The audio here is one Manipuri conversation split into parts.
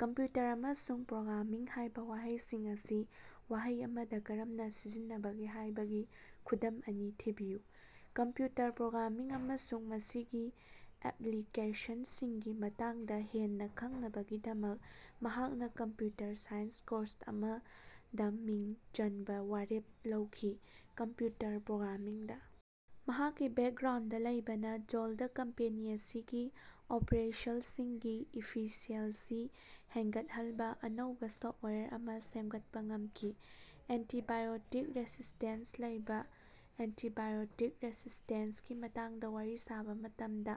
"ꯀꯝꯄ꯭ꯌꯨꯎꯇꯔ" ꯑꯃꯁꯨꯡ "ꯄ꯭ꯔꯣꯒ꯭ꯔꯥꯃꯤꯡ" ꯍꯥꯏꯕ ꯋꯥꯍꯩꯁꯤꯡ ꯑꯁꯤ ꯋꯥꯍꯩ ꯑꯃꯗ ꯀꯔꯝꯅ ꯁꯤꯖꯤꯟꯅꯕꯒꯦ ꯍꯥꯏꯕꯒꯤ ꯈꯨꯗꯝ ꯑꯅꯤ ꯊꯤꯕꯤꯌꯨ꯫ ꯀꯝꯄ꯭ꯌꯨꯇꯔ ꯄ꯭ꯔꯣꯒ꯭ꯔꯥꯃꯤꯡ ꯑꯃꯁꯨꯡ ꯃꯁꯤꯒꯤ ꯑꯦꯞꯂꯤꯀꯦꯁꯟꯁꯤꯡꯒꯤ ꯃꯇꯥꯡꯗ ꯍꯦꯟꯅ ꯈꯪꯅꯕꯒꯤꯗꯃꯛ ꯃꯍꯥꯛꯅ ꯀꯝꯄꯌꯨꯇꯔ ꯁꯥꯏꯟꯁ ꯀꯣꯔꯁ ꯑꯃꯗ ꯃꯤꯡ ꯆꯟꯕ ꯋꯥꯔꯦꯞ ꯂꯧꯈꯤ꯫ ꯀꯝꯄ꯭ꯌꯨꯇꯔ ꯄ꯭ꯔꯣꯒ꯭ꯔꯥꯃꯤꯡꯗ ꯃꯍꯥꯛꯀꯤ ꯕꯦꯀꯒ꯭ꯔꯥꯎꯟꯗ ꯂꯩꯕꯅ ꯖꯣꯜꯗ ꯀꯝꯄꯦꯅꯤ ꯑꯁꯤꯒꯤ ꯑꯣꯄꯔꯦꯁꯜꯁꯤꯡꯒꯤ ꯏꯐꯤꯁꯦꯜꯁꯤ ꯍꯦꯟꯒꯠꯍꯜꯕ ꯑꯅꯧꯕ ꯁꯣꯐꯋꯥꯌꯔ ꯑꯃ ꯁꯦꯝꯒꯠꯄ ꯉꯝꯈꯤ꯫ ꯑꯦꯟꯇꯤꯕꯥꯏꯑꯣꯇꯤꯛ ꯔꯦꯁꯤꯁ꯭ꯇꯦꯟꯁ ꯂꯩꯕ ꯑꯦꯟꯇꯤꯕꯥꯏꯑꯣꯇꯤꯛ ꯔꯦꯁꯤꯁ꯭ꯇꯦꯟꯁꯀꯤ ꯃꯇꯥꯡꯗꯥ ꯋꯥꯔꯤ ꯁꯥꯕ ꯃꯇꯝꯗ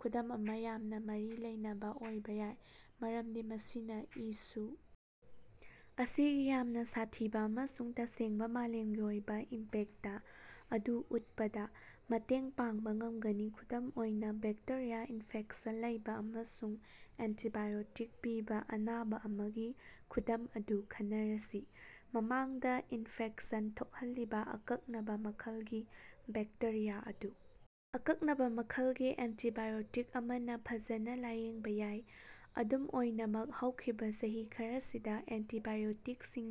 ꯈꯨꯗꯝ ꯑꯃ ꯌꯥꯝꯅ ꯃꯔꯤ ꯂꯩꯅꯕ ꯑꯣꯏꯕ ꯌꯥꯏ꯫ ꯃꯔꯝꯗꯤ ꯃꯁꯤꯅ ꯏꯁꯨ ꯑꯁꯤꯒꯤ ꯌꯥꯝꯅ ꯁꯥꯊꯤꯕ ꯑꯃꯁꯨꯡ ꯇꯁꯦꯡꯕ ꯃꯥꯂꯦꯝꯒꯤ ꯑꯣꯏꯕ ꯏꯝꯄꯦꯛꯇ ꯑꯗꯨ ꯎꯠꯄꯗ ꯃꯇꯦꯡ ꯄꯥꯡꯕ ꯉꯝꯒꯅꯤ꯫ ꯈꯨꯗꯝ ꯑꯣꯏꯅ ꯕꯦꯛꯇꯦꯔꯤꯌꯥ ꯏꯅꯐꯦꯛꯁꯟ ꯂꯩꯕ ꯑꯃꯁꯨꯡ ꯑꯦꯟꯇꯤꯕꯥꯏꯑꯣꯇꯤꯛ ꯄꯤꯕ ꯑꯅꯥꯕ ꯑꯃꯒꯤ ꯈꯨꯗꯝ ꯑꯗꯨ ꯈꯟꯅꯔꯁꯤ꯫ ꯃꯃꯥꯡꯗ ꯏꯅꯐꯦꯛꯁꯟ ꯊꯣꯛꯍꯜꯂꯤꯕ ꯑꯀꯛꯅꯕ ꯃꯈꯜꯒꯤ ꯕꯦꯛꯇꯦꯔꯤꯌꯥ ꯑꯗꯨ ꯑꯀꯛꯅꯕ ꯃꯈꯜꯒꯤ ꯑꯦꯟꯇꯤꯕꯥꯏꯑꯣꯇꯤꯛ ꯑꯃꯅ ꯐꯖꯅ ꯂꯥꯌꯦꯡꯕ ꯌꯥꯏ꯫ ꯑꯗꯨꯝ ꯑꯣꯏꯅꯃꯛ, ꯍꯧꯈꯤꯕꯥ ꯆꯍꯤ ꯈꯔꯁꯤꯗ ꯑꯦꯟꯇꯤꯕꯥꯏꯑꯣꯇꯤꯛꯁꯤꯡ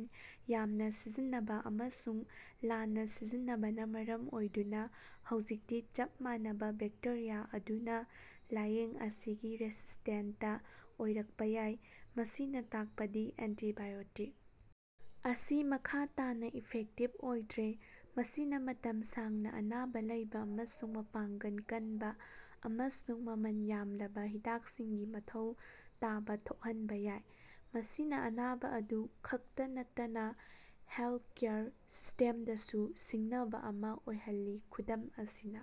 ꯌꯥꯝꯅ ꯁꯤꯖꯤꯟꯅꯕ ꯑꯃꯁꯨꯡ ꯂꯥꯟꯅ ꯁꯤꯖꯤꯟꯅꯕꯅ ꯃꯔꯝ ꯑꯣꯏꯗꯨꯅ ꯍꯧꯖꯤꯛꯇꯤ ꯆꯞ ꯃꯥꯟꯅꯕ ꯕꯦꯛꯇꯦꯔꯤꯌꯥ ꯑꯗꯨꯅ ꯂꯥꯌꯦꯡ ꯑꯁꯤꯒꯤ ꯔꯦꯁꯤꯁ꯭ꯇꯦꯟꯇ ꯑꯣꯏꯔꯛꯄ ꯌꯥꯏ꯫ ꯃꯁꯤꯅ ꯇꯥꯛꯄꯗꯤ ꯑꯦꯟꯇꯤꯕꯥꯏꯑꯣꯇꯤꯛ ꯑꯁꯤ ꯃꯈꯥ ꯇꯥꯅ ꯏꯐꯦꯛꯇꯤꯕ ꯑꯣꯏꯗ꯭ꯔꯦ꯫ ꯃꯁꯤꯅ ꯃꯇꯝ ꯁꯥꯡꯅ ꯑꯅꯥꯕ ꯂꯩꯕ ꯑꯃꯁꯨꯡ ꯃꯄꯥꯡꯒꯜ ꯀꯟꯕ ꯑꯃꯁꯨꯡ ꯃꯃꯜ ꯌꯥꯝꯂꯕ ꯍꯤꯗꯥꯛꯁꯤꯡꯒꯤ ꯃꯊꯧ ꯇꯥꯕ ꯊꯣꯛꯍꯟꯕ ꯌꯥꯏ꯫ ꯃꯁꯤꯅ ꯑꯅꯥꯕ ꯑꯗꯨ ꯈꯛꯇ ꯅꯠꯇꯅ ꯍꯦꯜꯊꯀꯦꯌꯔ ꯁꯤꯁ꯭ꯇꯦꯝꯗꯁꯨ ꯁꯤꯡꯅꯕ ꯑꯃ ꯑꯣꯏꯍꯜꯂꯤ꯫ ꯈꯨꯗꯝ ꯑꯁꯤꯅ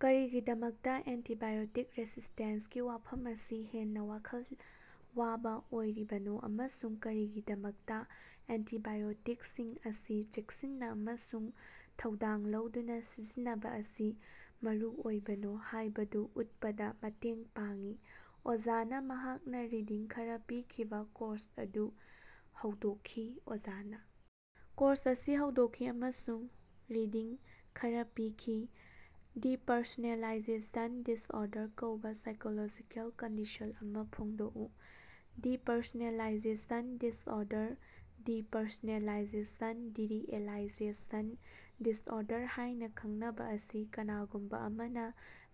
ꯀꯔꯤꯒꯤꯗꯃꯛꯇ ꯑꯦꯟꯇꯤꯕꯥꯏꯑꯣꯇꯤꯛ ꯔꯦꯁꯤꯁ꯭ꯇꯦꯟꯁꯀꯤ ꯋꯥꯐꯝ ꯑꯁꯤ ꯍꯦꯟꯅ ꯋꯥꯈꯜ ꯋꯥꯕ ꯑꯣꯏꯔꯤꯕꯅꯣ ꯑꯃꯁꯨꯡ ꯀꯔꯤꯒꯤꯗꯃꯛꯇ ꯑꯦꯟꯇꯤꯕꯥꯏꯑꯣꯇꯤꯛꯁꯤꯡ ꯑꯁꯤ ꯆꯦꯛꯁꯤꯟꯅ ꯑꯃꯁꯨꯡ ꯊꯧꯗꯥꯡ ꯂꯧꯗꯨꯅ ꯁꯤꯖꯤꯟꯅꯕ ꯑꯁꯤ ꯃꯔꯨꯑꯣꯏꯕꯅꯣ ꯍꯥꯏꯕꯗꯨ ꯎꯠꯄꯗ ꯃꯇꯦꯡ ꯄꯥꯡꯏ꯫ ꯑꯣꯖꯥꯅ ꯃꯍꯥꯛꯅ ꯔꯤꯗꯤꯡ ꯈꯔ ꯄꯤꯈꯤꯕ ꯀꯣꯔꯁ ꯑꯗꯨ ꯍꯧꯗꯣꯛꯈꯤ꯫ ꯑꯣꯖꯥꯅꯥ ꯀꯣꯔꯁ ꯑꯁꯤ ꯍꯧꯗꯣꯛꯈꯤ ꯑꯃꯁꯨꯡ ꯔꯤꯗꯤꯡ ꯈꯔ ꯄꯤꯈꯤ꯫ "ꯗꯤꯄꯔꯁꯣꯅꯦꯂꯥꯏꯖꯦꯁꯟ ꯗꯤꯁꯑꯣꯔꯗꯔ" ꯀꯧꯕ ꯁꯥꯏꯀꯣꯂꯣꯖꯤꯀꯦꯜ ꯀꯟꯗꯤꯁꯟ ꯑꯃ ꯐꯣꯡꯗꯣꯛꯎ꯫ ꯗꯤꯄꯔꯁꯣꯅꯦꯂꯥꯏꯖꯦꯁꯟ ꯗꯤꯁꯑꯣꯔꯗꯔ, ꯗꯤꯄꯔꯁꯣꯅꯦꯂꯥꯏꯖꯦꯁꯟ-ꯗꯤꯔꯤꯑꯦꯂꯥꯏꯖꯦꯁꯟ ꯗꯤꯁꯑꯣꯔꯗꯔ ꯍꯥꯢꯅ ꯈꯪꯅꯕ ꯑꯁꯤ, ꯀꯅꯥꯒꯨꯝꯕ ꯑꯃꯅ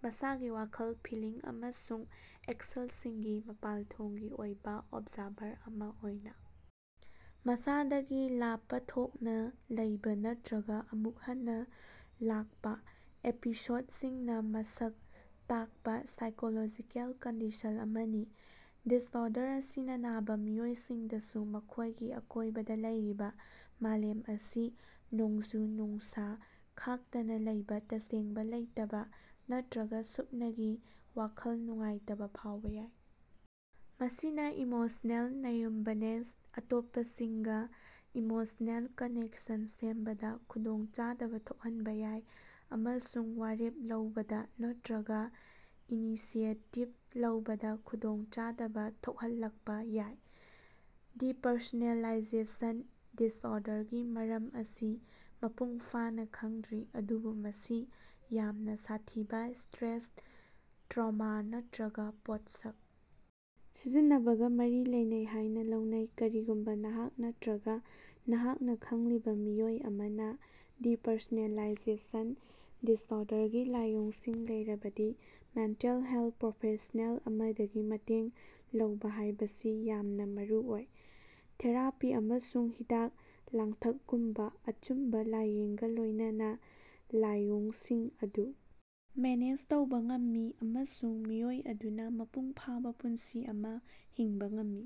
ꯃꯁꯥꯒꯤ ꯋꯥꯈꯜ, ꯐꯤꯜꯂꯤꯡ ꯑꯃꯁꯨꯡ ꯑꯦꯛꯁꯜꯁꯤꯡꯒꯤ ꯃꯄꯥꯟꯊꯣꯡꯒꯤ ꯑꯣꯏꯕ ꯑꯣꯕꯖꯥꯔꯚꯔ ꯑꯃ ꯑꯣꯏꯅ, ꯃꯁꯥꯗꯒꯤ ꯂꯥꯄꯊꯣꯛꯅ ꯂꯩꯕ ꯅꯠꯇ꯭ꯔꯒ ꯑꯃꯨꯛ ꯍꯟꯅ ꯂꯥꯛꯄ ꯑꯦꯄꯤꯁꯣꯗꯁꯤꯡꯅꯥ ꯃꯁꯛ ꯇꯥꯛꯄ ꯁꯥꯏꯀꯣꯂꯣꯖꯤꯀꯦꯜ ꯀꯟꯗꯤꯁꯟ ꯑꯃꯅꯤ꯫ ꯗꯤꯁꯑꯣꯔꯗꯔ ꯑꯁꯤꯅ ꯅꯥꯕ ꯃꯤꯑꯣꯏꯁꯤꯡꯗꯁꯨ ꯃꯈꯣꯏꯒꯤ ꯑꯀꯣꯏꯕꯗ ꯂꯩꯔꯤꯕ ꯃꯥꯂꯦꯝ ꯑꯁꯤ ꯅꯣꯡꯖꯨ-ꯅꯨꯡꯁꯥ ꯈꯥꯛꯇꯅ ꯂꯩꯕ ꯇꯁꯦꯡꯕ ꯂꯩꯇꯕ ꯅꯠꯇ꯭ꯔꯒ ꯁꯨꯞꯅꯒꯤ ꯋꯥꯈꯜ ꯅꯨꯡꯉꯥꯏꯇꯕ ꯐꯥꯎꯕ ꯌꯥꯏ꯫ ꯃꯁꯤꯅ ꯏꯃꯣꯁꯅꯦꯜ ꯅ꯭ꯌꯨꯝꯕꯅꯦꯁ, ꯑꯇꯣꯞꯄꯁꯤꯡꯒ ꯏꯃꯣꯁꯅꯦꯜ ꯀꯅꯦꯛꯁꯟ ꯁꯦꯝꯕꯗ ꯈꯨꯗꯣꯡꯆꯥꯗꯕ ꯊꯣꯛꯍꯟꯕ ꯌꯥꯏ꯫ ꯑꯃꯁꯨꯡ ꯋꯥꯔꯦꯞ ꯂꯧꯕꯗ ꯅꯠꯇ꯭ꯔꯒ ꯏꯅꯤꯁꯤꯑꯦꯇꯤꯚ ꯂꯧꯕꯗ ꯈꯨꯗꯣꯡꯆꯥꯗꯕ ꯊꯣꯛꯍꯜꯂꯛꯄ ꯌꯥꯏ꯫ ꯗꯤꯄꯔꯁꯣꯅꯦꯂꯥꯏꯖꯦꯁꯟ ꯗꯤꯁꯑꯣꯔꯗꯔꯒꯤ ꯃꯔꯝ ꯑꯁꯤ ꯃꯄꯨꯡꯐꯥꯅ ꯈꯪꯗ꯭ꯔꯤ꯫ ꯑꯗꯨꯕꯨ ꯃꯁꯤ ꯌꯥꯝꯅ ꯁꯥꯊꯤꯕ ꯁ꯭ꯇꯔꯦꯁ, ꯇ꯭ꯔꯥꯎꯃ ꯅꯠꯇ꯭ꯔꯒ ꯄꯣꯠꯁꯛ ꯁꯤꯖꯤꯟꯅꯕꯒ ꯃꯔꯤ ꯂꯩꯅꯩ ꯍꯥꯏꯅ ꯂꯧꯅꯩ꯫ ꯀꯔꯤꯒꯨꯝꯕ ꯅꯍꯥꯛ ꯅꯠꯇ꯭ꯔꯒ ꯅꯍꯥꯛꯅ ꯈꯪꯂꯤꯕ ꯃꯤꯑꯣꯏ ꯑꯃꯅ ꯗꯤꯄꯔꯁꯣꯅꯦꯂꯥꯏꯖꯦꯁꯟ ꯗꯤꯁꯑꯣꯔꯗꯔꯒꯤ ꯂꯥꯏꯑꯣꯡꯁꯤꯡ ꯂꯩꯔꯕꯗꯤ ꯃꯦꯟꯇꯦꯜ ꯍꯦꯂꯊ ꯄ꯭ꯔꯣꯐꯦꯁꯅꯦꯜ ꯑꯃꯗꯒꯤ ꯃꯇꯦꯡ ꯂꯧꯕ ꯍꯥꯏꯕꯁꯤ ꯌꯥꯝꯅ ꯃꯔꯨꯑꯣꯏ꯫ ꯊꯦꯔꯥꯄꯤ ꯑꯃꯁꯨꯡ ꯍꯤꯗꯥꯛ-ꯂꯥꯡꯊꯛꯒꯨꯝꯕ ꯑꯆꯨꯝꯕ ꯂꯥꯏꯌꯦꯡꯒ ꯂꯣꯏꯅꯅ ꯂꯥꯏꯑꯣꯡꯁꯤꯡ ꯑꯗꯨ ꯃꯦꯅꯦꯖ ꯇꯧꯕ ꯉꯝꯃꯤ꯫ ꯑꯃꯁꯨꯡ ꯃꯤꯑꯣꯏ ꯑꯗꯨꯅ ꯃꯄꯨꯡꯐꯥꯕ ꯄꯨꯟꯁꯤ ꯑꯃ ꯍꯤꯡꯕ ꯉꯝꯃꯤ꯫